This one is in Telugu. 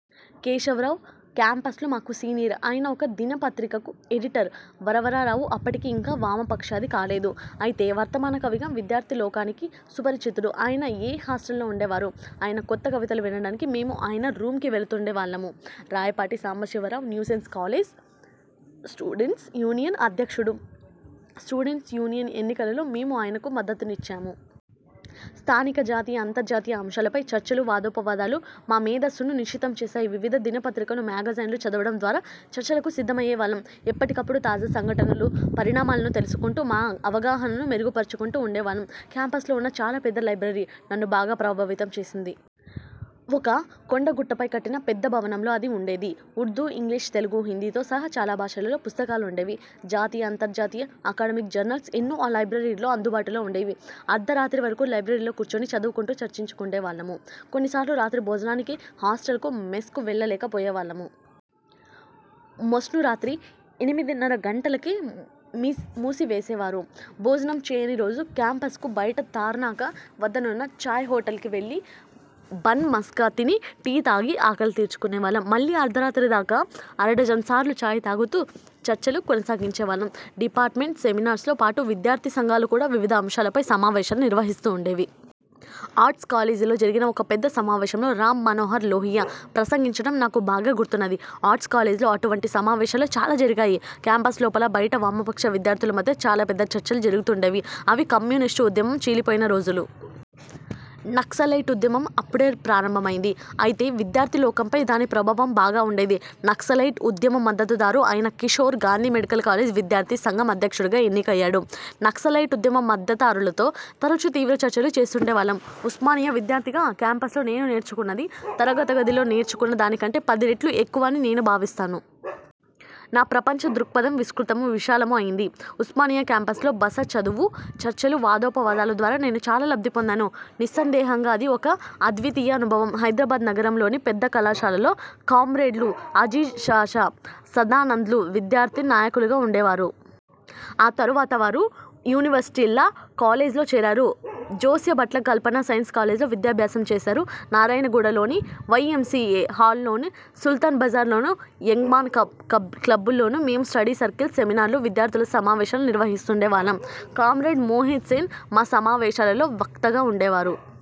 కేశవరావు కేంపస్లో మాకు సీనియర్. ఆయన ఒక దినపత్రికకు ఎడిటర్. వరవరరావు అప్పటికి ఇంకా వామపక్షవాది కాలేదు. అయితే వర్థమాన కవిగా విద్యార్థిలోకానికి సుపరిచితుడు. ఆయన 'ఎ' హాస్టల్లో। వుండేవారు. ఆయన కొత్త కవితలు వినడానికి మేము ఆయన రూమ్కి వెళుతుండేవాళ్ళం. Rayapati Sambasivarao new science college students union అధ్యక్షుడు, స్టూడెంట్స్ యూనియన్ ఎన్నికలలో మేము ఆయనకు మద్దతునిచ్చాము. స్థానిక, జాతీయ, అంతర్జాతీయ అంశాలపై చర్చలు, వాదోపవాదాలు మామేధస్సును నిశితం చేశాయి. వివిధ దినపత్రికలు, మ్యాగజైన్లు చదవడం ద్వారా చర్చలకు సిద్ధమయ్యేవాళ్ళం. ఎప్పటికప్పుడు తాజా సంఘటనలు, పరిణామాలను తెలుసుకొంటూ మా అవగాహనను మెరుగుపరచుకుంటూ వుండేవాళ్ళం. కేంపస్లో వున్న చాలా పెద్ద లైబ్రరీ నన్ను బాగా ప్రభావితం చేసింది. ఒక కొండగుట్టపై కట్టిన పెద్ద భవనంలో అది వుండేది. ఉర్దూ, ఇంగ్లీషు, తెలుగు, హిందీతో సహా చాలా భాషలలో పుస్తకాలు వుండేవి. జాతీయ, అంతర్జాతీయ అకడమిక్ జర్నల్స్ ఎన్నో ఆ లైబ్రరీలో అందుబాటులో వుండేవి. అర్థరాత్రి వరకు లైబ్రరీలో కూర్చొని చదువుకొంటూ చర్చించుకొంటుండేవాళ్ళం. కొన్నిసార్లు రాత్రి భోజనానికి హాస్టల్ మెస్కు వెళ్ళలేక పోయేవాళ్ళం. మెస్ను రాత్రి ఎనిమిదిన్నర గంటలకే మూసివేసేవారు. భోజనం చేయనిరోజు కేంపస్కు బయట తార్నాక వద్దనున్న చాయ్ హోటల్కి వెళ్ళి బన్ మస్కా తిని, టీ తాగి ఆకలి తీర్చుకునేవాళ్ళం. మళ్ళీ అర్థరాత్రి దాకా అరడజన్ సార్లు చాయ్ తాగుతూ చర్చలు కొనసాగించేవాళ్ళం. డిపార్ట్మెంటల్ సెమినార్స్తో పాటు విద్యార్థి సంఘాలు వివిధ అంశాలపై సమావేశాలు నిర్వహిస్తుండేవి. ఆర్ట్స్ కాలేజీలో జరిగిన ఒక పెద్ద సమావేశంలో రామ్ మనోహర్ లోహియా ప్రసంగించడం నాకు బాగా గుర్తున్నది. ఆర్ట్స్ కాలేజీలో అటువంటి సమావేశాలు చాలా జరిగాయి. కేంపస్ లోపల బయటా వామపక్ష విద్యార్థుల మధ్య చాలా పెద్ద చర్చలు జరుగుతుండేవి. అవి కమ్యూనిస్టు ఉద్యమం చీలిపోయిన రోజులు. నక్సలైట్ ఉద్యమం అప్పుడే ప్రారంభమయింది. అయితే విద్యార్థిలోకంపై దాని ప్రభావం బాగా వుండేది. నక్సలైట్ ఉద్యమ మద్దతుదారు అయిన కిషోర్, గాంధీ మెడికల్ కాలేజ్ విద్యార్థి సంఘం అధ్యక్షుడుగా ఎన్నికయ్యాడు. నక్సలైట్ ఉద్యమ మద్దతుదారులతో తరచు తీవ్ర చర్చలు చేస్తుండేవాళ్ళం. ఉస్మానియా విద్యార్థిగా కేంపస్లో నేను నేర్చుకున్నది తరగతి గదిలో నేర్చుకున్న దానికంటే పదిరెట్లు ఎక్కువ అని నేను భావిస్తున్నాను. నా ప్రపంచ దృక్పథం విస్తృతమూ, విశాలమూ అయింది. ఉస్మానియా కేంపస్లో బస, చదువు, చర్చలు, వాదోపవాదాల ద్వారా నేను చాలా లబ్ధి పొందాను. నిస్సందేహంగా అది ఒక అద్వితీయ అనుభవం. హైదరాబాద్ నగరంలోని పెద్ద కళాశాలల్లో కామ్రేడ్లు అజీజ్ పాషా, సదానంద్లు విద్యార్థి నాయకులుగా వుండేవారు. ఆ తరువాత వారు యూనివర్శిటీ లా కాలేజ్లో చేరారు. జోస్యభట్ల కల్పన సైన్స్ కాలేజ్లో విద్యాభ్యాసం చేశారు. నారాయణగూడలోని వైఎంసీఏ హాలులోను, సుల్తాన్ బజార్లోని యంగ్మాన్స్ క్లబ్లోను మేము స్టడీ సర్కిల్స్, సెమినార్లు, విద్యార్థుల సమావేశాలు నిర్వహిస్తుండేవాళ్ళం. కామ్రేడ్ మోహిత్ సేన్ మా సమావేశాలలో వక్తగా వుండేవారు.